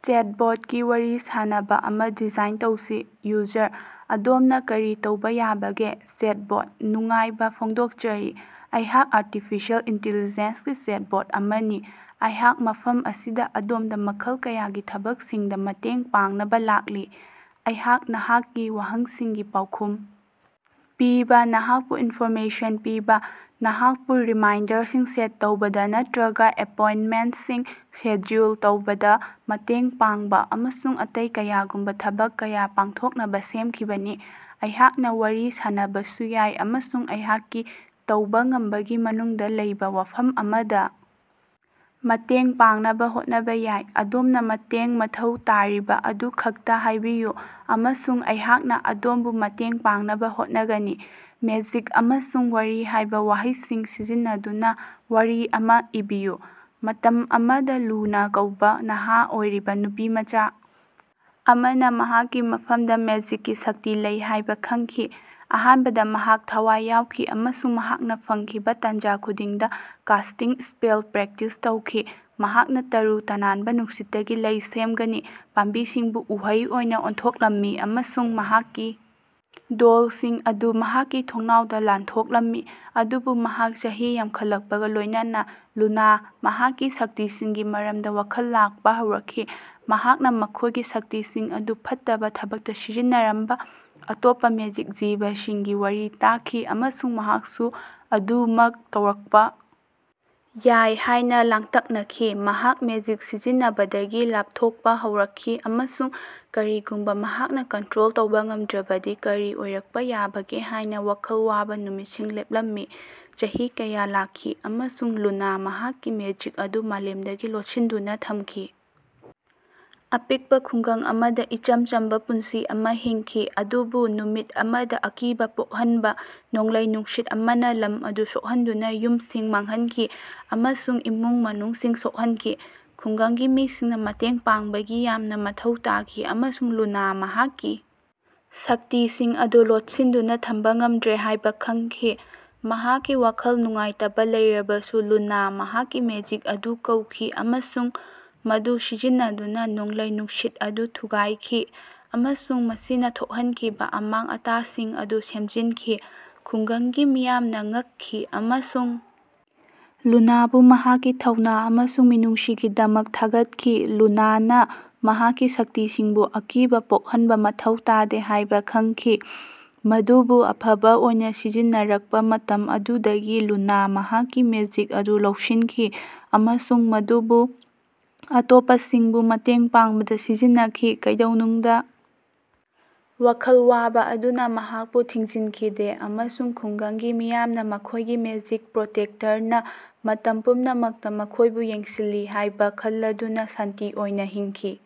ꯆꯦꯠꯕꯣꯠꯀꯤ ꯋꯥꯔꯤ ꯁꯥꯅꯕꯥ ꯑꯃꯥ ꯗꯤꯖꯥꯏꯟ ꯇꯧꯁꯤ꯫ ꯌꯨꯖꯔ: ꯑꯗꯣꯝꯅꯥ ꯀꯔꯤ ꯇꯧꯕꯥ ꯌꯥꯕꯒꯦ? ꯆꯦꯠꯕꯣꯠ: ꯅꯨꯡꯉꯥꯏꯕꯥ ꯐꯣꯡꯗꯣꯛꯆꯔꯤ, ꯑꯩꯍꯥꯛ ꯑꯔꯇꯤꯐꯤꯁꯦꯜ ꯏꯟꯇꯤꯂꯤꯖꯦꯟꯁꯒꯤ ꯆꯦꯠꯕꯣꯠ ꯑꯃꯅꯤ, ꯑꯩꯍꯥꯛ ꯃꯐꯝ ꯑꯁꯤꯗꯥ ꯑꯗꯣꯝꯗꯥ ꯃꯈꯜ ꯀꯌꯥꯒꯤ ꯊꯕꯛꯁꯤꯡꯗꯥ ꯃꯇꯦꯡ ꯄꯥꯡꯅꯕꯥ ꯂꯥꯛꯂꯤ꯫ ꯑꯩꯍꯥꯛ ꯅꯍꯥꯛꯀꯤ ꯋꯥꯍꯪꯁꯤꯡꯒꯤ ꯄꯥꯎꯈꯨꯝ ꯄꯤꯕꯥ, ꯅꯍꯥꯛꯄꯨ ꯏꯟꯐꯣꯔꯃꯦꯁꯟ ꯄꯤꯕꯥ, ꯅꯍꯥꯛꯄꯨ ꯔꯤꯃꯥꯏꯟꯗꯔꯁꯤꯡ ꯁꯦꯠ ꯇꯧꯕꯗꯥ ꯅꯠꯇ꯭ꯔꯒꯥ ꯑꯦꯄꯣꯏꯟꯇꯃꯦꯟꯇꯁꯤꯡ ꯁꯦꯗ꯭ꯌꯨꯜ ꯇꯧꯕꯗꯥ ꯃꯇꯦꯡ ꯄꯥꯡꯕꯥ ꯑꯃꯁꯨꯡ ꯑꯇꯩ ꯀꯌꯥꯒꯨꯝꯕꯥ ꯊꯕꯛ ꯀꯌꯥ ꯄꯥꯡꯊꯣꯛꯅꯕꯥ ꯁꯦꯝꯈꯤꯕꯅꯤ꯫ ꯑꯩꯍꯥꯛꯅꯥ ꯋꯥꯔꯤ ꯁꯥꯅꯕꯁꯨ ꯌꯥꯏ ꯑꯃꯁꯨꯡ ꯑꯩꯍꯥꯛꯀꯤ ꯇꯧꯕꯥ ꯉꯝꯕꯒꯤ ꯃꯅꯨꯡꯗꯥ ꯂꯩꯕꯥ ꯋꯥꯐꯝ ꯑꯃꯗꯥ ꯃꯇꯦꯡ ꯄꯥꯡꯅꯕꯥ ꯍꯣꯠꯅꯕꯥ ꯌꯥꯏ꯫ ꯑꯗꯣꯝꯅꯥ ꯃꯇꯦꯡ ꯃꯊꯧ ꯇꯥꯔꯤꯕꯥ ꯑꯗꯨ ꯈꯛꯇꯥ ꯍꯥꯏꯕꯤꯌꯨ ꯑꯃꯁꯨꯡ ꯑꯩꯍꯥꯛꯅꯥ ꯑꯗꯣꯝꯕꯨ ꯃꯇꯦꯡ ꯄꯥꯡꯅꯕꯥ ꯍꯣꯠꯅꯒꯅꯤ꯫ ꯃꯦꯖꯤꯛ ꯑꯃꯁꯨꯡ ꯋꯥꯔꯤ ꯍꯥꯏꯕꯥ ꯋꯥꯍꯩꯁꯤꯡ ꯁꯤꯖꯤꯟꯅꯗꯨꯅꯥ ꯋꯥꯔꯤ ꯑꯃꯥ ꯏꯕꯤꯌꯨ꯫ ꯃꯇꯝ ꯑꯃꯗꯥ ꯂꯨꯅꯥ ꯀꯧꯕꯥ ꯅꯍꯥ ꯑꯣꯏꯔꯤꯕꯥ ꯅꯨꯄꯤꯃꯆꯥ ꯑꯃꯅꯥ ꯃꯍꯥꯛꯀꯤ ꯃꯐꯝꯗꯥ ꯃꯦꯖꯤꯛꯀꯤ ꯁꯛꯇꯤ ꯂꯩ ꯍꯥꯏꯕꯥ ꯈꯪꯈꯤ꯫ ꯑꯍꯥꯟꯕꯗꯥ ꯃꯍꯥꯛ ꯊꯋꯥꯏ ꯌꯥꯎꯈꯤ ꯑꯃꯁꯨꯡ ꯃꯍꯥꯛꯅꯥ ꯐꯪꯈꯤꯕꯥ ꯇꯥꯟꯖꯥ ꯈꯨꯗꯤꯡꯗꯥ ꯀꯥꯁꯇꯤꯡ ꯁ꯭ꯄꯦꯜ ꯄ꯭ꯔꯦꯛꯇꯤꯁ ꯇꯧꯈꯤ꯫ ꯃꯍꯥꯛꯅꯥ ꯇꯔꯨ ꯇꯅꯥꯟꯕꯥ ꯅꯨꯡꯁꯤꯠꯇꯒꯤ ꯂꯩ ꯁꯦꯝꯒꯅꯤ, ꯄꯥꯝꯕꯤꯁꯤꯡꯕꯨ ꯎꯍꯩ ꯑꯣꯏꯅꯥ ꯑꯣꯟꯊꯣꯛꯂꯝꯃꯤ ꯑꯃꯁꯨꯡ ꯃꯍꯥꯛꯀꯤ ꯗꯣꯜꯁꯤꯡ ꯑꯗꯨ ꯃꯍꯥꯛꯀꯤ ꯊꯣꯡꯅꯥꯎꯗꯥ ꯂꯥꯟꯊꯣꯛꯂꯝꯃꯤ꯫ ꯑꯗꯨꯕꯨ ꯃꯍꯥꯛ ꯆꯍꯤ ꯌꯥꯝꯈꯠꯂꯛꯄꯒꯥ ꯂꯣꯏꯅꯅꯥ ꯂꯨꯅꯥ ꯃꯍꯥꯛꯀꯤ ꯁꯛꯇꯤꯁꯤꯡꯒꯤ ꯃꯔꯝꯗꯥ ꯋꯥꯈꯜ ꯂꯥꯛꯄꯥ ꯍꯧꯔꯛꯈꯤ꯫ ꯃꯍꯥꯛꯅꯥ ꯃꯈꯣꯏꯒꯤ ꯁꯛꯇꯤꯁꯤꯡ ꯑꯗꯨ ꯐꯠꯇꯕꯥ ꯊꯕꯛꯇꯥ ꯁꯤꯖꯤꯟꯅꯔꯝꯕꯥ ꯑꯇꯣꯞꯄꯥ ꯃꯦꯖꯤꯛ ꯖꯤꯕꯁꯤꯡꯒꯤ ꯋꯥꯔꯤ ꯇꯥꯈꯤ ꯑꯃꯁꯨꯡ ꯃꯍꯥꯛꯁꯨ ꯑꯗꯨꯃꯛ ꯇꯧꯔꯛꯄꯥ ꯌꯥꯏ ꯍꯥꯏꯅꯥ ꯂꯥꯡꯇꯛꯅꯈꯤ꯫ ꯃꯍꯥꯛ ꯃꯦꯖꯤꯛ ꯁꯤꯖꯤꯟꯅꯕꯗꯒꯤ ꯂꯥꯞꯊꯣꯛꯄꯥ ꯍꯧꯔꯛꯈꯤ ꯑꯃꯁꯨꯡ ꯀꯔꯤꯒꯨꯝꯕꯥ ꯃꯍꯥꯛꯅꯥ ꯀꯟꯇ꯭ꯔꯣꯜ ꯇꯧꯕꯥ ꯉꯝꯗ꯭ꯔꯕꯗꯤ ꯀꯔꯤ ꯑꯣꯏꯔꯛꯄꯥ ꯌꯥꯕꯒꯦ ꯍꯥꯏꯅꯥ ꯋꯥꯈꯜ ꯋꯥꯕꯥ ꯅꯨꯃꯤꯠꯁꯤꯡ ꯂꯦꯞꯂꯝꯃꯤ꯫ ꯆꯍꯤ ꯀꯌꯥ ꯂꯥꯛꯈꯤ ꯑꯃꯁꯨꯡ ꯂꯨꯅꯥ ꯃꯍꯥꯛꯀꯤ ꯃꯦꯖꯤꯛ ꯑꯗꯨ ꯃꯥꯂꯦꯝꯗꯒꯤ ꯂꯣꯠꯁꯤꯟꯗꯨꯅꯥ ꯊꯝꯈꯤ, ꯑꯄꯤꯛꯄꯥ ꯈꯨꯡꯒꯪ ꯑꯃꯗꯥ ꯏꯆꯝ ꯆꯝꯕꯥ ꯄꯨꯟꯁꯤ ꯑꯃꯥ ꯍꯤꯡꯈꯤ꯫ ꯑꯗꯨꯕꯨ ꯅꯨꯃꯤꯠ ꯑꯃꯗꯥ ꯑꯀꯤꯕꯥ ꯄꯣꯛꯍꯟꯕꯥ ꯅꯣꯡꯂꯩ-ꯅꯨꯡꯁꯤꯠ ꯑꯃꯅꯥ ꯂꯝ ꯑꯗꯨ ꯁꯣꯛꯍꯟꯗꯨꯅꯥ ꯌꯨꯝꯁꯤꯡ ꯃꯥꯡꯍꯟꯈꯤ ꯑꯃꯁꯨꯡ ꯏꯃꯨꯡ-ꯃꯅꯨꯡꯁꯤꯡ ꯁꯣꯛꯍꯟꯈꯤ꯫ ꯈꯨꯡꯒꯪꯒꯤ ꯃꯤꯁꯤꯡꯅꯥ ꯃꯇꯦꯡ ꯄꯥꯡꯕꯒꯤ ꯌꯥꯝꯅꯥ ꯃꯊꯧ ꯇꯥꯈꯤ ꯑꯃꯁꯨꯡ ꯂꯨꯅꯥ ꯃꯍꯥꯛꯀꯤ ꯁꯛꯇꯤꯁꯤꯡ ꯑꯗꯨ ꯂꯣꯠꯁꯤꯟꯗꯨꯅꯥ ꯊꯝꯕꯥ ꯉꯝꯗ꯭ꯔꯦ ꯍꯥꯏꯕꯥ ꯈꯪꯈꯤ꯫ ꯃꯍꯥꯛꯀꯤ ꯋꯥꯈꯜ ꯅꯨꯡꯉꯥꯏꯇꯕꯥ ꯂꯩꯔꯕꯁꯨ ꯂꯨꯅꯥ ꯃꯍꯥꯛꯀꯤ ꯃꯦꯖꯤꯛ ꯑꯗꯨ ꯀꯧꯈꯤ ꯑꯃꯁꯨꯡ ꯃꯗꯨ ꯁꯤꯖꯤꯟꯅꯗꯨꯅꯥ ꯅꯣꯡꯂꯩ ꯅꯨꯡꯁꯤꯠ ꯑꯗꯨ ꯊꯨꯒꯥꯏꯈꯤ ꯑꯃꯁꯨꯡ ꯃꯁꯤꯅꯥ ꯊꯣꯛꯍꯟꯈꯤꯕꯥ ꯑꯃꯥꯡ-ꯑꯇꯥꯁꯤꯡ ꯑꯗꯨ ꯁꯦꯝꯖꯤꯟꯈꯤ꯫ ꯈꯨꯡꯒꯪꯒꯤ ꯃꯤꯌꯥꯝꯅꯥ ꯉꯛꯈꯤ ꯑꯃꯁꯨꯡ ꯂꯨꯅꯥꯕꯨ ꯃꯍꯥꯛꯀꯤ ꯊꯧꯅꯥ ꯑꯃꯁꯨꯡ ꯃꯤꯅꯨꯡꯁꯤꯒꯤꯗꯃꯛ ꯊꯥꯒꯠꯈꯤ꯫ ꯂꯨꯅꯥꯅꯥ ꯃꯍꯥꯛꯀꯤ ꯁꯛꯇꯤꯁꯤꯡꯕꯨ ꯑꯀꯤꯕꯥ ꯄꯣꯛꯍꯟꯕꯥ ꯃꯊꯧ ꯇꯥꯗꯦ ꯍꯥꯏꯕꯥ ꯈꯪꯈꯤ, ꯃꯗꯨꯕꯨ ꯑꯐꯕꯥ ꯑꯣꯏꯅꯥ ꯁꯤꯖꯤꯟꯅꯔꯛꯄꯥ ꯃꯇꯝ ꯑꯗꯨꯗꯒꯤ ꯂꯨꯅꯥ ꯃꯍꯥꯛꯀꯤ ꯃꯦꯖꯤꯛ ꯑꯗꯨ ꯂꯧꯁꯤꯟꯈꯤ ꯑꯃꯁꯨꯡ ꯃꯗꯨꯕꯨ ꯑꯇꯣꯞꯄꯁꯤꯡꯕꯨ ꯃꯇꯦꯡ ꯄꯥꯡꯕꯗꯥ ꯁꯤꯖꯤꯟꯅꯈꯤ, ꯀꯩꯗꯧꯅꯨꯡꯗꯥ ꯋꯥꯈꯜ ꯋꯥꯕꯥ ꯑꯗꯨꯅꯥ ꯃꯍꯥꯛꯄꯨ ꯊꯤꯡꯖꯤꯟꯈꯤꯗꯦ꯫ ꯑꯃꯁꯨꯡ ꯈꯨꯡꯒꯪꯒꯤ ꯃꯤꯌꯥꯝꯅꯥ ꯃꯈꯣꯏꯒꯤ ꯃꯦꯖꯤꯛ ꯄ꯭ꯔꯣꯇꯦꯛꯇꯔꯅꯥ ꯃꯇꯝ ꯄꯨꯝꯅꯃꯛꯇꯥ ꯃꯈꯣꯏꯕꯨ ꯌꯦꯡꯁꯤꯜꯂꯤ ꯍꯥꯏꯕꯥ ꯈꯜꯂꯗꯨꯅꯥ ꯁꯥꯟꯇꯤ ꯑꯣꯏꯅꯥ ꯍꯤꯡꯈꯤ꯫